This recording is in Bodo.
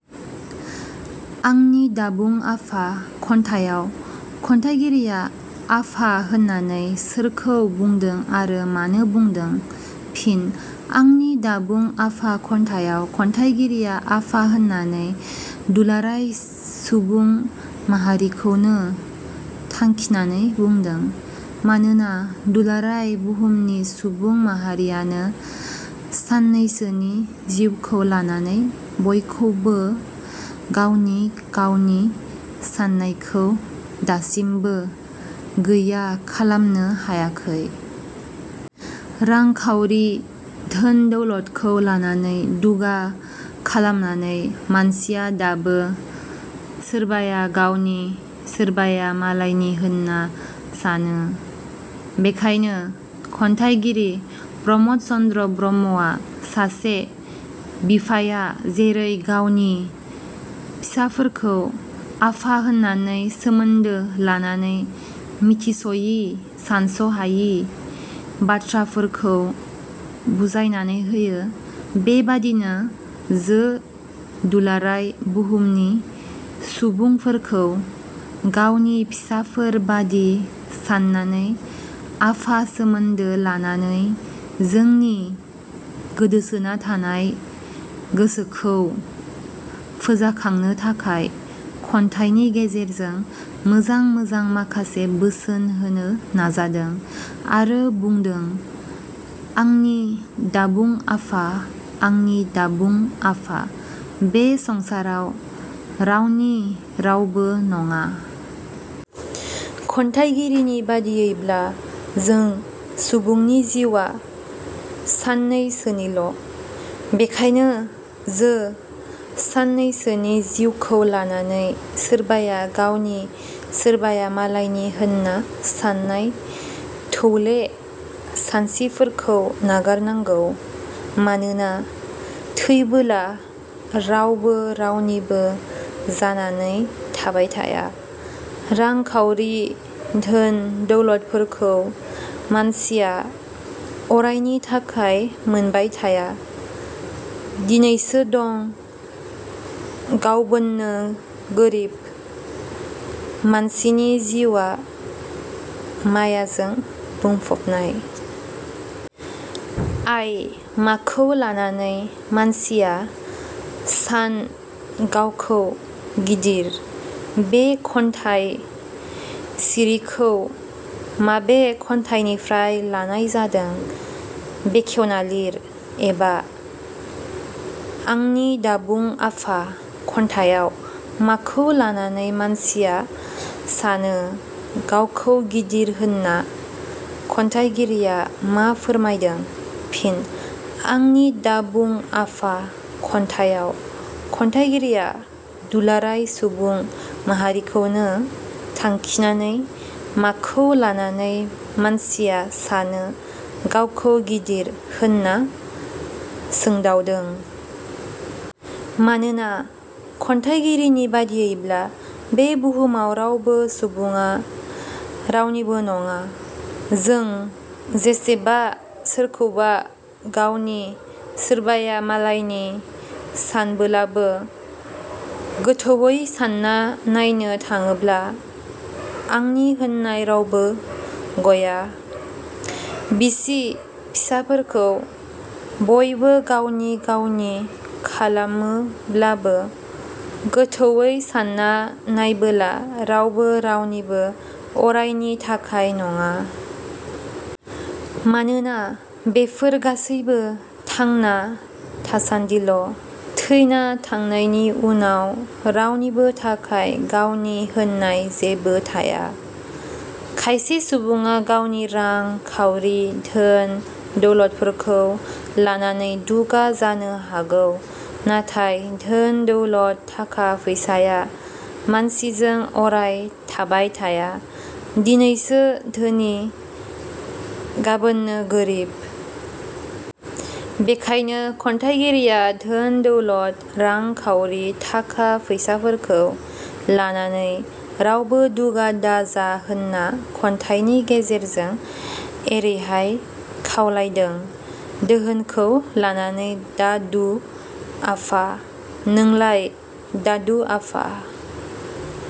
'आंनि दाबुं आफा' खन्थाइयाव खन्थाइगिरिया' आफा' होननानै सोरखौ बुंदों आरो मानो बुंदों? फिनः 'आंनि दाबुं आफा' खन्थाइयाव खन्थाइगिरिया 'आफा' होननानै दुलाराय सुबुं माहारिखौनो थांखिनानै बुंदों। मानोना दुलाराय बहुमनि सुबुं माहारियानो साननैसोनि जिउखौ लानानै बयखौबों गावनि गावनि साननायखौ दासिमबो गैया खालामनो हायाखै। रां-खावरि, धोन-दौलदखौ लानानै दुगा खालामनानै मानसिया दाबो सोरबाया गावनि सोरबाया मालायनि होनना सानो। बेखायनो खन्थाइगिरि प्रमद चन्द्र ब्रह्मआ सासे बिफाया जेरै गावनि फिसाफोरखौ आफा होननानै सोमोन्दो लानानै मिथिस'यि सानस'हायि बाथ्राफोरखौ बुजायनानै होयो, बेबादिनो जो दुलाराय बहुमनि सुबुंफोरखौ गावनि फिसाफोर बादि साननानै आफा सोमोन्दो लानानै जोंनि गोदोसोना थानाय गोसोखौ फोजाखांनो थाखाय खन्थाइनि गेजेरजों मोजां मोजां माखासे बोसोन होनो नाजादों आरो बुंदों- आंनि दाबुं आफा आंनि दाबुं आफा बे संसाराव रावनि रावबो नङा। खन्थाइगिरिनि बादियैब्ला जों सुबुनि जिउआ साननैसोनिल'। बेखायनो जो साननैसोनि जिउखौ लानानै सोरबाया गावनि सोरबाया मालायनि होनना साननाय थौले सानसिफोरखौ नागारनांगौ। मानोना थैबोला रावबो रावनिबो जानाने थाबाय थाया। रां-खावरि, धोन-दौलदफोरखौ मानसिया अरायनि थाखाय मोनबाय थाया, दिनैसो दं गावबोननो गोरिब, मानसिनि जिउवा मायाजों बुंफबनाय। "आय माखौ लानानै मानसिया सान गावखौ गिदिर"-बे खन्थाइ सिरिखौ माबे खन्थाइनिफ्राय लानाय जादों बेखेवना लिर। "एबा" 'आंनि दाबुं आफा' खन्थाइयाव माखौ लानानै मानसिया सानो गावखौ गिदिर होनना खन्थाइगिरिया मा फोरमायदों? फिन: 'आंनि दा बुं आफा' खन्थाइयाव खन्थाइगिरिया दुलाराय सुबुं माहारिखौनो थांखिनानै 'माखौ लानानै मानसिया सानो गावखौ गिदिर' होनना सोंदावदों। मानोना, खन्थाइगिरिनि बादियैब्ला बे बुहुमाव रावबो सुबुडा रावनिबो नङा। जों जेसेबा सोरखौबा गावनि सोरबाया मालायनि सानबोलाबो गोथौवै सानना नायनो थाङोब्ला आंनि होननाय रावबो गया। बिसि-फिसाफोरखौ बयबो गावनि गावनि खालामोब्लाबो गोथौवै सानना नायबोला रावबो रावनिबो अरायनि थाखाय नङा। मानोना बेफोर गासैबो थांना थासानदिल'। थैना थांनायनि उनाव रावनिबो थाखाय गावनि होननाय जेबो थाया। खायसे सुबुङा गावनि रां खावरि धोन दौलदफोरखौ लानानै दुगा जानो हागौ। नाथाय धोन-दौलद, थाखा- फैसाया मानसिजों अराय थाबाय थाया, दिनैसो धोनि गाबोननो गोरिब। बेखायनो खन्थाइगिरिया धोन दौलद रां-खावरि थाखा फैसाफोरखौ लानानै रावबो दुगा दा जा होनना खन्थाइनि गेजेरजों एरैहाय खावलायदों- दोहोनखौ लानानै दा दु आफा- नोंलाय दादु आफा।